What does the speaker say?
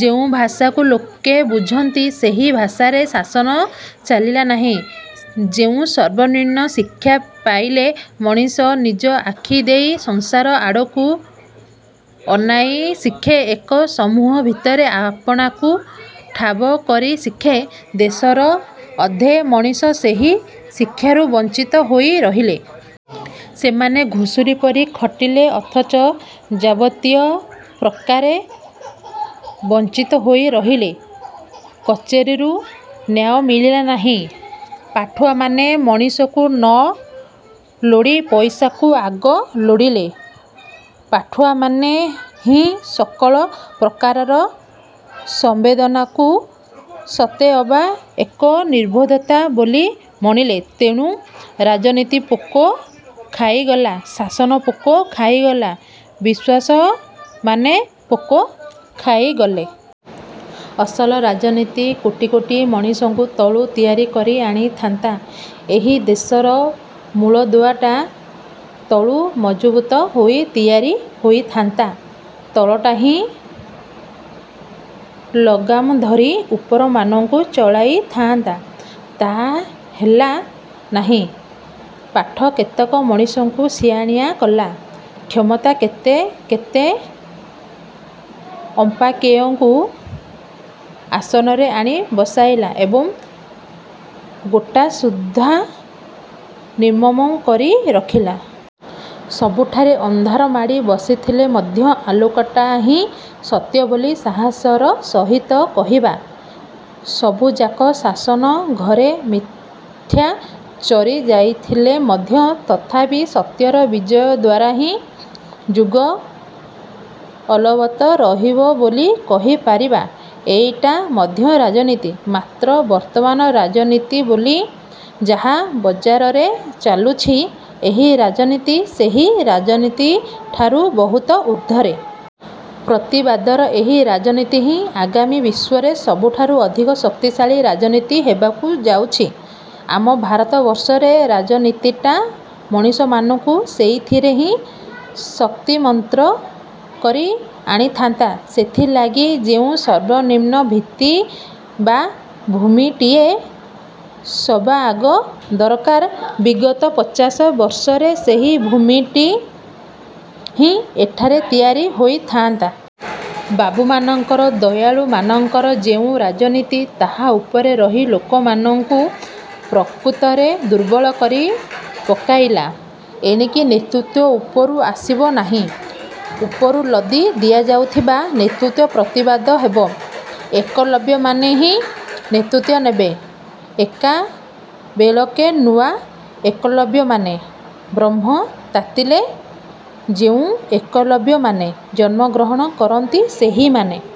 ଯେଉଁ ଭାଷାକୁ ଲୋକେ ବୁଝନ୍ତି ସେହି ଭାଷାରେ ଶାସନ ଚାଲିଲା ନାହିଁ। ଯେଉଁ ସର୍ବନିମ୍ନ ଶିକ୍ଷା ପାଇଲେ ମଣିଷ ନିଜ ଆଖି ଦେଇ ସଂସାର ଆଡ଼କୁ ଅନାଇ ଶିଖେ ଏକ ସମୂହ ଭିତରେ ଆପଣାକୁ ଠାବ କରି ଶିଖେ, ଦେଶର ଅଧେ ମଣିଷ ସେହି ଶିକ୍ଷାରୁ ବଞ୍ଚିତ ହୋଇ ରହିଲେ। ସେମାନେ ଘୁଷୁରି ପରି ଖଟିଲେ ଅଥଚ ଯାବତୀୟ ପ୍ରକାରେ ବଂଚିତ ହୋଇ ରହିଲେ। କଚେରୀରୁ ନ୍ୟାୟ ମିଳିଲା ନାହିଁ, ପାଠୁଆମାନେ ମଣିଷକୁ ନ ଲୋଡ଼ି ପଇସାକୁ ଆଗ ଲୋଡ଼ିଲେ, ପାଠୁଆମାନେ ହିଁ ସକଳ ପ୍ରକାରର ସଂବେଦନାକୁ ସତେଅବା ଏକ ନିର୍ବୋଧତା ବୋଲି ମଣିଲେ। ତେଣୁ ରାଜନୀତି ପୋକ ଖାଇଗଲା, ଶାସନ ପୋକ ଖାଇଗଲା, ବିଶ୍ୱାସମାନେ ପୋକ ଖାଇଗଲେ। ଅସଲ ରାଜନୀତି କୋଟି କୋଟି ମଣିଷଙ୍କୁ ତଳୁ ତିଆରି କରି ଆଣିଥାନ୍ତା। ଏହି ଦେଶର ମୂଳଦୁଆଟା ତଳୁ ମଜବୁତ ହୋଇ ତିଆରି ହୋଇଥାନ୍ତା, ତଳଟା ହିଁ ଲଗାମ ଧରି ଉପରମାନଙ୍କୁ ଚଲାଇ ଥାଆନ୍ତା। ତାହା ହେଲା ନାହିଁ। ପାଠ କେତେକ ମଣିଷଙ୍କୁ ସିଆଣିଆ କଲା, କ୍ଷମତା କେତେ କେତେ ଅପାଂକ୍ତେୟଙ୍କୁ ଆସନରେ ଆଣି ବସାଇଲା ଏବଂ ଗୋଟାସୁଦ୍ଧା ନିର୍ମମ କରି ରଖିଲା। ସବୁଠାରେ ଅନ୍ଧାର ମାଡ଼ି ବସିଥିଲେ ମଧ୍ୟ ଆଲୋକଟା ହିଁ ସତ୍ୟ ବୋଲି ସାହସର ସହିତ କହିବା, ସବୁଯାକ ଶାସନଘରେ ମିଥ୍ୟା ଚରି ଯାଇଥିଲେ ମଧ୍ୟ ତଥାପି ସତ୍ୟର ବିଜୟ ଦ୍ଵାରା ହିଁ ଯୁଗ ଅଲବତ ରହିବ ବୋଲି କହିପାରିବା ଏଇଟା ମଧ୍ୟ ରାଜନୀତି। ମାତ୍ର ବର୍ତ୍ତମାନ ରାଜନୀତି ବୋଲି ଯାହା ବଜାରରେ ଚାଲୁଛି, ଏହି ରାଜନୀତି ସେହି ରାଜନୀତି ଠାରୁ ବହୁତ ଉର୍ଦ୍ଧ୍ୱରେ। ପ୍ରତିବାଦର ଏହି ରାଜନୀତି ହିଁ ଆଗାମୀ ବିଶ୍ୱରେ ସବୁଠାରୁ ଅଧିକ ଶକ୍ତିଶାଳୀ ରାଜନୀତି ହେବାକୁ ଯାଉଛି। ଆମ ଭାରତବର୍ଷରେ ରାଜନୀତିଟା ମଣିଷମାନଙ୍କୁ ସେଇଥିରେ ହିଁ ଶକ୍ତିମନ୍ତ କରି ଆଣିଥାନ୍ତା। ସେଥିଲାଗି ଯେଉଁ ସର୍ବନିମ୍ନ ଭିତ୍ତି ବା ଭୂମିଟିଏ ସବାଆଗ ଦରକାର, ବିଗତ ପଚାଶ ବର୍ଷରେ ସେହି ଭୂମିଟି ହିଁ ଏଠାରେ ତିଆରି ହୋଇଥାଆନ୍ତା। ବାବୁମାନଙ୍କର, ଦୟାଳୁମାନଙ୍କର ଯେଉଁ ରାଜନୀତି, ତାହା ଉପରେ ରହି ଲୋକମାନଙ୍କୁ ପ୍ରକୃତରେ ଦୁର୍ବଳକରି ପକାଇଲା। ଏଣିକି ନେତୃତ୍ୱ ଉପରୁ ଆସିବ ନାହିଁ, ଉପରୁ ଲଦି ଦିଆଯାଉଥିବା ନେତୃତ୍ୱର ପ୍ରତିବାଦ ହେବ। ଏକଲବ୍ୟମାନେ ହିଁ ନେତୃତ୍ଵ ଦେବେ। ଏକାବେଳେକେ ନୂଆ ଏକଲବ୍ୟମାନେ, ବ୍ରହ୍ମ ତାତିଲେ ଯେଉଁ ଏକଲବ୍ୟମାନେ ଜନ୍ମଗ୍ରହଣ କରନ୍ତି ସେହିମାନେ।